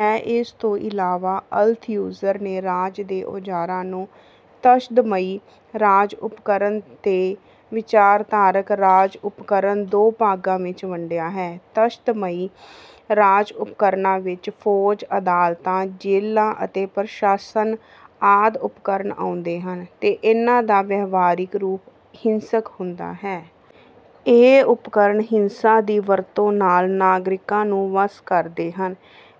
ਹੈ। ਇਸ ਤੋਂ ਇਲਾਵਾ ਅਲਥਿਊਜ਼ਰ ਨੇ ਰਾਜ ਦੇ ਔਜ਼ਾਰਾਂ ਨੂੰ ਤਸ਼ੱਦਦਮਈ ਰਾਜ-ਉਪਕਰਨ ਤੇ ਵਿਚਾਰਧਾਰਕ ਰਾਜ-ਉਪਕਰਨ ਦੋ ਭਾਗਾਂ ਵਿੱਚ ਵੰਡਿਆ ਹੈ। ਤਸ਼ੱਦਦਮਈ ਰਾਜ-ਉਪਕਰਨਾਂ ਵਿੱਚ ਫ਼ੌਜ, ਅਦਾਲਤਾਂ, ਜੇਲ੍ਹਾਂ ਅਤੇ ਪ੍ਰਸ਼ਾਸਨ ਆਦਿ ਉਪਕਰਨ ਆਉਂਦੇ ਹਨ, ਤੇ ਇਨ੍ਹਾਂ ਦਾ ਵਿਵਹਾਰਿਕ ਰੂਪ ਹਿੰਸਕ ਹੁੰਦਾ ਹੈ। ਇਹ ਉਪਕਰਨ ਹਿੰਸਾ ਦੀ ਵਰਤੋਂ ਨਾਲ ਨਾਗਰਿਕਾਂ ਨੂੰ ਵੱਸ ਕਰਦੇ ਹਨ।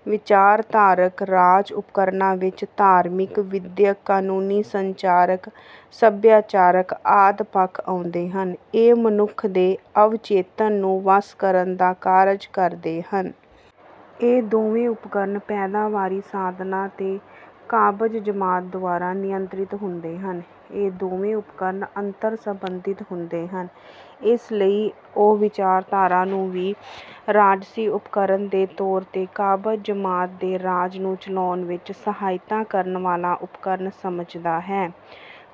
ਵਿਚਾਰਧਾਰਕ ਰਾਜ-ਉਪਕਰਨਾਂ ਵਿੱਚ ਧਾਰਮਿਕ, ਵਿੱਦਿਅਕ, ਕਾਨੂੰਨੀ, ਸੰਚਾਰਕ, ਸਭਿਆਚਾਰਕ ਆਦਿ ਪੱਖ ਆਉਂਦੇ ਹਨ। ਇਹ ਮਨੁੱਖ ਦੇ ਅਵਚੇਤਨ ਨੂੰ ਵੱਸ ਕਰਨ ਦਾ ਕਾਰਜ ਕਰਦੇ ਹਨ। ਇਹ ਦੋਵੇਂ ਉਪਕਰਨ ਪੈਦਾਵਾਰੀ ਸਾਧਨਾਂ 'ਤੇ ਕਾਬਜ਼ ਜਮਾਤ ਦੁਆਰਾ ਨਿਯੰਤ੍ਰਿਤ ਹੁੰਦੇ ਹਨ। ਇਹ ਦੋਵੇਂ ਉਪਕਰਨ ਅੰਤਰ-ਸੰਬੰਧਿਤ ਹੁੰਦੇ ਹਨ। ਇਸ ਲਈ ਉਹ 'ਵਿਚਾਰਧਾਰਾ ਨੂੰ ਵੀ ਰਾਜਸੀ ਉਪਕਰਨ ਦੇ ਤੌਰ 'ਤੇ ਕਾਬਜ਼ ਜਮਾਤ ਦੇ ਰਾਜ ਨੂੰ ਚਲਾਉਣ ਵਿੱਚ ਸਹਾਇਤਾ ਕਰਨ ਵਾਲਾ ਉਪਕਰਨ ਸਮਝਦਾ ਹੈ,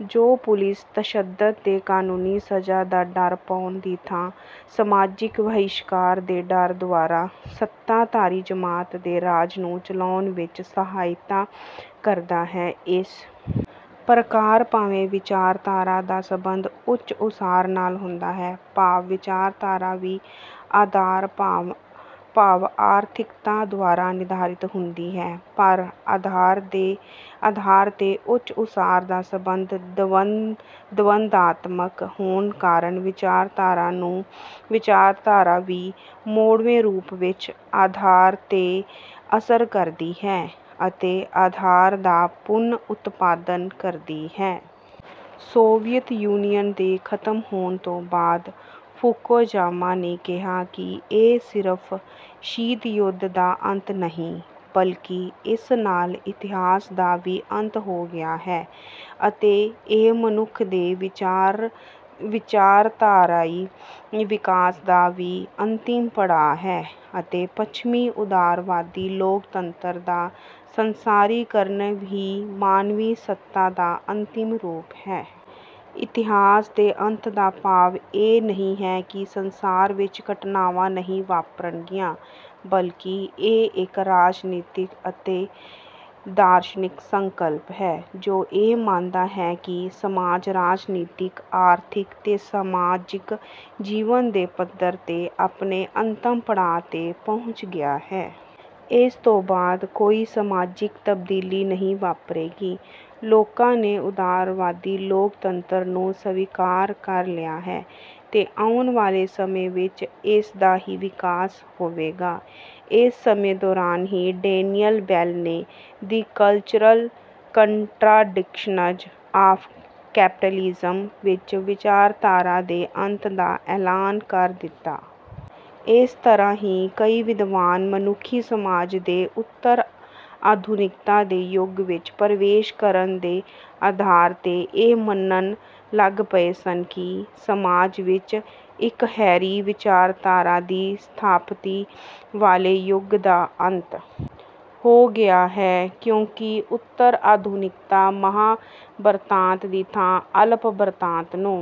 ਜੋ ਪੁਲਿਸ-ਤਸ਼ੱਦਦ ਤੇ ਕਾਨੂੰਨੀ ਸਜ਼ਾ ਦਾ ਡਰ ਪਾਉਣ ਦੀ ਥਾਂ ਸਮਾਜਿਕ ਵਹਿਸ਼ਕਾਰ ਦੇ ਡਰ ਦੁਆਰਾ ਸੱਤਾਧਾਰੀ ਜਮਾਤ ਦੇ ਰਾਜ ਨੂੰ ਚਲਾਉਣ ਵਿੱਚ ਸਹਾਇਤਾ ਕਰਦਾ ਹੈ। ਇਸ ਪ੍ਰਕਾਰ ਭਾਵੇਂ ਵਿਚਾਰਧਾਰਾ ਦਾ ਸੰਬੰਧ ਉੱਚ-ਉਸਾਰ ਨਾਲ ਹੁੰਦਾ ਹੈ, ਭਾਵ ਵਿਚਾਰਧਾਰਾ ਵੀ ਆਧਾਰ ਭਾਵ ਆਰਥਿਕਤਾ ਦੁਆਰਾ ਨਿਰਧਾਰਿਤ ਹੁੰਦੀ ਹੈ, ਪਰ ਆਧਾਰ ਤੇ ਉੱਚ-ਉਸਾਰ ਦਾ ਸੰਬੰਧ ਦਵੰਦਾਤਮਿਕ ਹੋਣ ਕਾਰਨ ਵਿਚਾਰਧਾਰਾ ਵੀ ਮੋੜਵੇਂ ਰੂਪ ਵਿੱਚ ਆਧਾਰ 'ਤੇ ਅਸਰ ਕਰਦੀ ਹੈ ਅਤੇ ਆਧਾਰ ਦਾ ਪੁਨਰ-ਉਤਪਾਦਨ ਕਰਦੀ ਹੈ। ਸੋਵੀਅਤ ਯੂਨੀਅਨ ਦੇ ਖ਼ਤਮ ਹੋਣ ਤੋਂ ਬਾਅਦ ਫੂਕੋਜਾਮਾ ਨੇ ਕਿਹਾ ਕਿ "ਇਹ ਸਿਰਫ਼ ਸ਼ੀਤ ਯੁੱਧ ਦਾ ਅੰਤ ਨਹੀਂ, ਬਲਕਿ ਇਸ ਨਾਲ ਇਤਿਹਾਸ ਦਾ ਵੀ ਅੰਤ ਹੋ ਗਿਆ ਹੈ, ਅਤੇ ਇਹ ਮਨੁੱਖ ਦੇ ਵਿਚਾਰਧਾਰਾਈ ਵਿਕਾਸ ਦਾ ਵੀ ਅੰਤਿਮ ਪੜਾਅ ਹੈ, ਅਤੇ ਪੱਛਮੀ ਉਦਾਰਵਾਦੀ ਲੋਕਤੰਤਰ ਦਾ ਸੰਸਾਰੀਕਰਨ ਹੀ ਮਾਨਵੀ ਸੱਤਾ ਦਾ ਅੰਤਿਮ ਰੂਪ ਹੈ।" ਇਤਿਹਾਸ ਦੇ ਅੰਤ ਦਾ ਭਾਵ ਇਹ ਨਹੀਂ ਹੈ ਕਿ ਸੰਸਾਰ ਵਿੱਚ ਘਟਨਾਵਾਂ ਨਹੀਂ ਵਾਪਰਨਗੀਆਂ। ਬਲਕਿ ਇਹ ਇੱਕ ਰਾਜਨੀਤਿਕ ਤੇ ਦਾਰਸ਼ਨਿਕ ਸੰਕਲਪ ਹੈ, ਜੋ ਇਹ ਮੰਨਦਾ ਹੈ ਕਿ ਸਮਾਜ ਰਾਜਨੀਤਿਕ, ਆਰਥਿਕ ਤੇ ਸਮਾਜਿਕ ਜੀਵਨ ਦੇ ਪੱਧਰ 'ਤੇ ਆਪਣੇ ਅੰਤਿਮ ਪੜਾਅ 'ਤੇ ਪਹੁੰਚ ਗਿਆ ਹੈ। ਇਸ ਤੋਂ ਬਾਅਦ ਕੋਈ ਸਮਾਜਿਕ ਤਬਦੀਲੀ ਨਹੀਂ ਵਾਪਰੇਗੀ। ਲੋਕਾਂ ਨੇ ਉਦਾਰਵਾਦੀ ਲੋਕਤੰਤਰ ਨੂੰ ਸਵੀਕਾਰ ਕਰ ਲਿਆ ਹੈ, ਤੇ ਆਉਣ ਵਾਲੇ ਸਮੇਂ ਵਿੱਚ ਇਸ ਦਾ ਹੀ ਵਿਕਾਸ ਹੋਵੇਗਾ। ਇਸ ਸਮੇਂ ਦੌਰਾਨ ਹੀ ਡੇਨੀਅਲ ਬੈੱਲ ਨੇ 'the cultural contradictions of capitalism' ਵਿੱਚ ਵਿਚਾਰਧਾਰਾ ਦੇ ਅੰਤ ਦਾ ਐਲਾਨ ਕਰ ਦਿੱਤਾ। ਇਸੇ ਤਰ੍ਹਾਂ ਹੀ ਕਈ ਵਿਦਵਾਨ ਮਨੁੱਖੀ ਸਮਾਜ ਦੇ ਉਤਰ-ਆਧੁਨਿਕਤਾ ਦੇ ਯੁੱਗ ਵਿੱਚ ਪ੍ਰਵੇਸ਼ ਕਰਨ ਦੇ ਆਧਾਰ 'ਤੇ ਇਹ ਮੰਨਣ ਲੱਗ ਪਏ ਸਨ ਕਿ ਸਮਾਜ ਵਿੱਚ ਇਕਹਿਰੀ ਵਿਚਾਰਧਾਰਾ ਦੀ ਸਥਾਪਤੀ ਵਾਲੇ ਯੁੱਗ ਦਾ ਅੰਤ ਹੋ ਗਿਆ ਹੈ, ਕਿਉਂਕਿ ਉਤਰ-ਆਧੁਨਿਕਤਾ ਮਹਾਂ-ਬਿਰਤਾਂਤ ਦੀ ਥਾਂ ਅਲਪ-ਬਿਰਤਾਂਤ ਨੂੰ